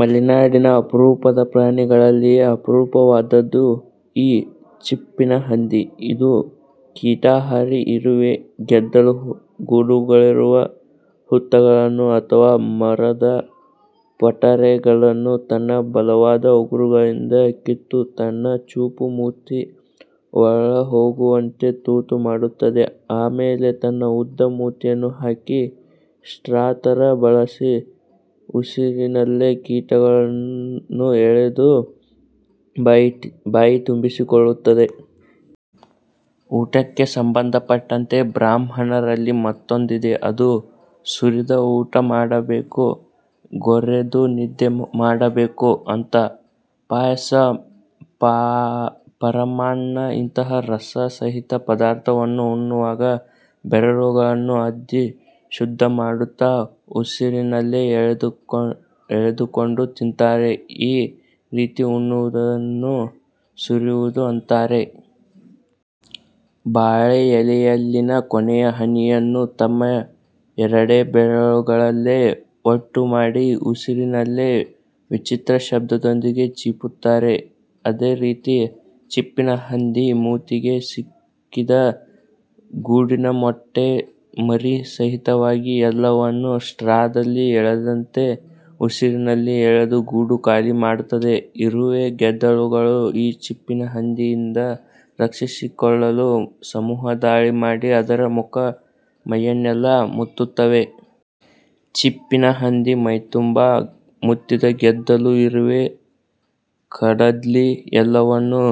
ಮಲೆನಾಡಿನ ಅಪರೂಪದ ಪ್ರಾಣಿಗಳಲ್ಲಿಯೇ ಅಪರೂಪವಾದದ್ದು ಈ ಚಿಪ್ಪಿನ ಹಂದಿ. ಇದು ಕೀಟಾಹಾರಿ. ಇರುವೆ, ಗೆದ್ದಲು ಗೂಡುಗಳಿರುವ ಹುತ್ತಗಳನ್ನು ಅಥವಾ ಮರದ ಪೊಟರೆಗಳನ್ನು ತನ್ನ ಬಲವಾದ ಉಗುರುಗಳಿಂದ ಕಿತ್ತು, ತನ್ನ ಚೂಪು ಮೂತಿ ಒಳಹೋಗುವಂತೆ ತೂತು ಮಾಡುತ್ತದೆ. ಆಮೇಲೆ ತನ್ನ ಉದ್ದ ಮೂತಿಯನ್ನು ಹಾಕಿ, ಸ್ಟ್ರಾ ತರ ಬಳಸಿ ಉಸಿರಿನಲ್ಲೇ ಕೀಟಗಳನ್ನು ಎಳೆದು ಬಾಯಿತುಂಬಿಸಿಕೊಳ್ಳುತ್ತದೆ. ಊಟಕ್ಕೆ ಸಂಬಂಧ ಪಟ್ಟಂತೆ ಬ್ರಾಹ್ಮಣರಲ್ಲಿ ಮಾತೊಂದಿದೆ. ಅದು 'ಸುರಿದು ಊಟ ಮಾಡಬೇಕು, ಗೊರೆದು ನಿದ್ದೆ ಮಾಡಬೇಕು' ಅಂಥ. ಪಾಯಸ ಪರಮಾನ್ನ ಇಂತಹ ರಸ ಸಹಿತ ಪದಾರ್ಥವನ್ನು ಉಣ್ಣುವಾಗ ಬೆರಳುಗಳನ್ನು ಅದ್ದಿ ಶಬ್ದ ಮಾಡುತ್ತಾ ಉಸಿರಿನಲ್ಲೇ ಎಳೆದು ಕೊಂಡು ತಿಂತಾರೆ. ಈ ರೀತಿ ಉಣ್ಣುವುದನ್ನು ಸುರಿಯುವುದು ಅಂತಾರೆ. ಬಾಳೆ ಎಲೆಯಲ್ಲಿನ ಕೊನೆಯ ಹನಿಯನ್ನೂ ತಮ್ಮ ಎರಡೇ ಬೆರಳುಗಳಲ್ಲೆ ಒಟ್ಟು ಮಾಡಿ ಉಸಿರಿನಲ್ಲಿ ವಿಚಿತ್ರ ಶಬ್ದದೊಂದಿಗೆ ಚೀಪುತ್ತಾರೆ. ಅದೇ ರೀತಿ ಚಿಪ್ಪಿನ ಹಂದಿ ಮೂತಿಗೆ ಸಿಕ್ಕಿದ ಗೂಡಿನ ಮೊಟ್ಟೆ ಮರಿ ಸಹಿತವಾಗಿ ಎಲ್ಲವನ್ನೂ ಸ್ಟ್ರಾದಲ್ಲಿ ಎಳೆದಂತೆ, ಉಸಿರಿನಲ್ಲಿ ಎಳೆದು ಗೂಡು ಖಾಲಿ ಮಾಡ್ತದೆ. ಇರುವೆ ಗೆದ್ದಲುಗಳು ಈ ಚಿಪ್ಪಿನ ಹಂದಿಯಿಂದ ರಕ್ಷಿಸಿಕೊಳ್ಳಲು ಸಮೂಹ ದಾಳಿ ಮಾಡಿ, ಅದರ ಮುಖ ಮೈಯನ್ನೆಲ್ಲಾ ಮುತ್ತುತ್ತವೆ. ಚಿಪ್ಪಿನ ಹಂದಿ ಮೈತುಂಬಾ ಮುತ್ತಿದ ಗೆದ್ದಲು, ಇರುವೆ, ಕಡದ್ಲಿ ಎಲ್ಲವನ್ನು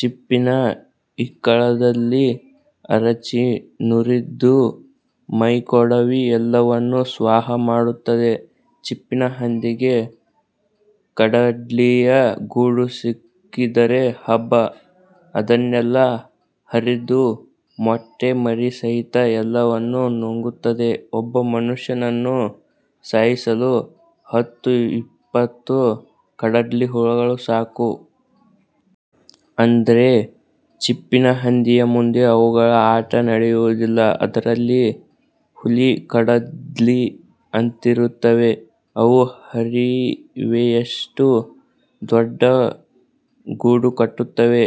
ಚಿಪ್ಪಿನ ಇಕ್ಕಳದಲ್ಲಿ ಅರಚಿ, ನುರಿದು ಮೈಕೊಡವಿ ಎಲ್ಲವನ್ನು 'ಸ್ವಾಹಾ' ಮಾಡುತ್ತದೆ. ಚಿಪ್ಪಿನ ಹಂದಿಗೆ ಕಡದ್ಲಿಯ ಗೂಡು ಸಿಕ್ಕಿದರೆ ಹಬ್ಬ. ಅದನ್ನೆಲ್ಲಾ ಹರಿದು ಮೊಟ್ಟೆ ಮರಿ ಸಹಿತ ಎಲ್ಲವನ್ನು ನುಂಗುತ್ತದೆ. ಒಬ್ಬ ಮನುಷ್ಯನನ್ನು ಸಾಯಿಸಲು ಹತ್ತು-ಇಪ್ಪತ್ತು ಕಡದ್ಲಿ ಹುಳಗಳು ಸಾಕು. ಆದ್ರೆ ಚಿಪ್ಪಿನ ಹಂದಿಯ ಮುಂದೆ ಅವುಗಳ ಆಟ ನಡೆಯುವುದಿಲ್ಲ. ಅದರಲ್ಲಿ ಹುಲಿ ಕಡದ್ಲಿ ಅಂತಿರುತ್ತವೆ. ಅವು ಹರಿವೆಯಷ್ಟು ದೊಡ್ಡ ಗೂಡು ಕಟ್ಟುತ್ತವೆ.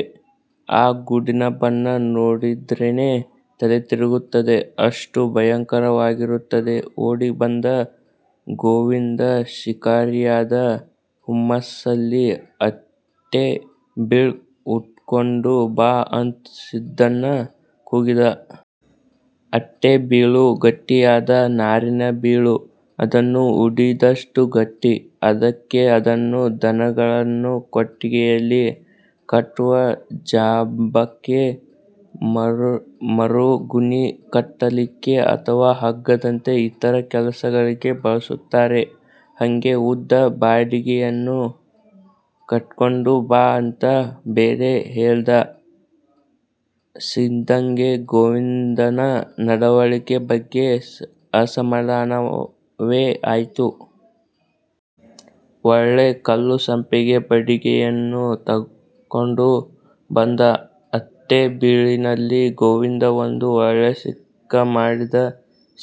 ಆ ಗೂಡಿನ ಬಣ್ಣ ನೋಡಿದ್ರೆನೇ ತಲೆತಿರುಗುತ್ತದೆ. ಅಷ್ಟು ಭಯಂಕರವಾಗಿರುತ್ತದೆ. ಓಡಿ ಬಂದ ಗೋವಿಂದ ಶಿಕಾರಿಯಾದ ಹುಮ್ಮಸ್ಸಲ್ಲಿ ಅಟ್ಟೆ ಬೀಳ್ ಉಕ್ಕೋಂಡು ಬಾ ಅಂತ ಸಿದ್ದನ್ ಕೂಗಿದ. ಅಟ್ಟೆ ಬೀಳು ಗಟ್ಟಿಯಾದ ನಾರಿನ ಬೀಳು. ಅದನ್ನು ಉಡಿದಷ್ಟು ಗಟ್ಟಿ. ಅದಕ್ಕೆ ಅದನ್ನ ದನಗಳನ್ನು ಕೊಟ್ಟಿಗೆಯಲ್ಲಿ ಕಟ್ಟುವ ಜಾಬಕ್ಕೆ, ಮರುಗುಣಿ ಕಟ್ಟಲಿಕ್ಕೆ ಅಥವಾ ಹಗ್ಗದಂತೆ ಇತರ ಕೆಲಸಗಳಿಗೆ ಬಳಸುತ್ತಾರೆ. ಹಂಗೆ ಉದ್ದ ಬಡಿಗೆಯನ್ನೂ ಕಡ್ಕೊಂಡು ಬಾ ಅಂತ ಬೇರೆ ಹೇಳ್ದ. ಸಿದ್ದಂಗೆ ಗೋವಿಂದನ ನಡವಳಿಕೆ ಬಗ್ಗೆ ಅಸಮಧಾನವೇ ಆಯ್ತು. ಒಳ್ಳೆ ಕಲ್ಲುಸಂಪಿಗೆ ಬಡಿಗೆಯನ್ನು ಕಡ್ಕೊಂಡು ಬಂದ. ಅಟ್ಟೆ ಬೀಳಿನಲ್ಲಿ ಗೋವಿಂದ ಒಂದು ಒಳ್ಳೆ ಸಿಕ್ಕ ಮಾಡಿದ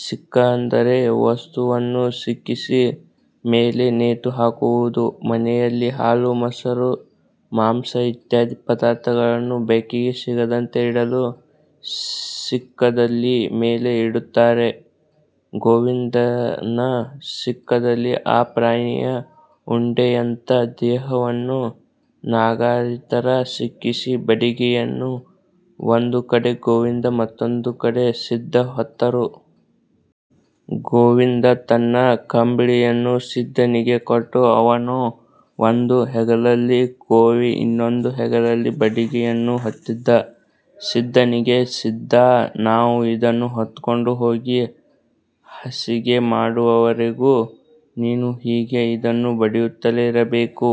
ಸಿಕ್ಕ ಅಂದರೆ, ವಸ್ತುವನ್ನು ಸಿಕ್ಕಿಸಿ ಮೇಲೆ ನೇತುಹಾಕುವುದು. ಮನೆಯಲ್ಲಿ ಹಾಲು ಮೊಸರು ಮಾಂಸ ಇತ್ಯಾದಿ ಪದಾರ್ಥಗಳನ್ನು ಬೆಕ್ಕಿಗೆ ಸಿಕ್ಕದಂತೆ ಇಡಲು ಸಿಕ್ಕದಲ್ಲಿ ಮೇಲೆ ಇಡುತ್ತಾರೆ. ಗೋವಿಂದನ ಸಿಕ್ಕದಲ್ಲಿ ಆ ಪ್ರಾಣಿಯ ಉಂಡೆಯಂತ ದೇಹವನ್ನು ನಗಾರಿತರ ಸಿಕ್ಕಿಸಿ, ಬಡಿಗೆಯನ್ನು ಒಂದು ಕಡೆ ಗೋವಿಂದ ಮತ್ತೊಂದು ಕಡೆ ಸಿದ್ದ ಹೊತ್ತರು. ಗೋವಿಂದ ತನ್ನ ಕಂಬ್ಳಿಯನ್ನು ಸಿದ್ದನಿಗೆ ಕೊಟ್ಟು, ಅವನು ಒಂದು ಹೆಗಲಲ್ಲಿ ಕೋವಿ, ಇನ್ನೊಂದು ಹೆಗಲಲ್ಲಿ ಬಡಿಗೆಯನ್ನು ಹೊತ್ತಿದ್ದ. ಸಿದ್ದನಿಗೆ, 'ಸಿದ್ದಾ ನಾವು ಇದನ್ನ ಹೊತ್ಕೊಂಡು ಹೋಗಿ ಹಸಿಗೆ ಮಾಡುವರೆಗೂ ನೀನು ಹೀಗೇ ಇದನ್ನು ಬಡಿಯುತ್ತಲೇ ಇರಬೇಕು.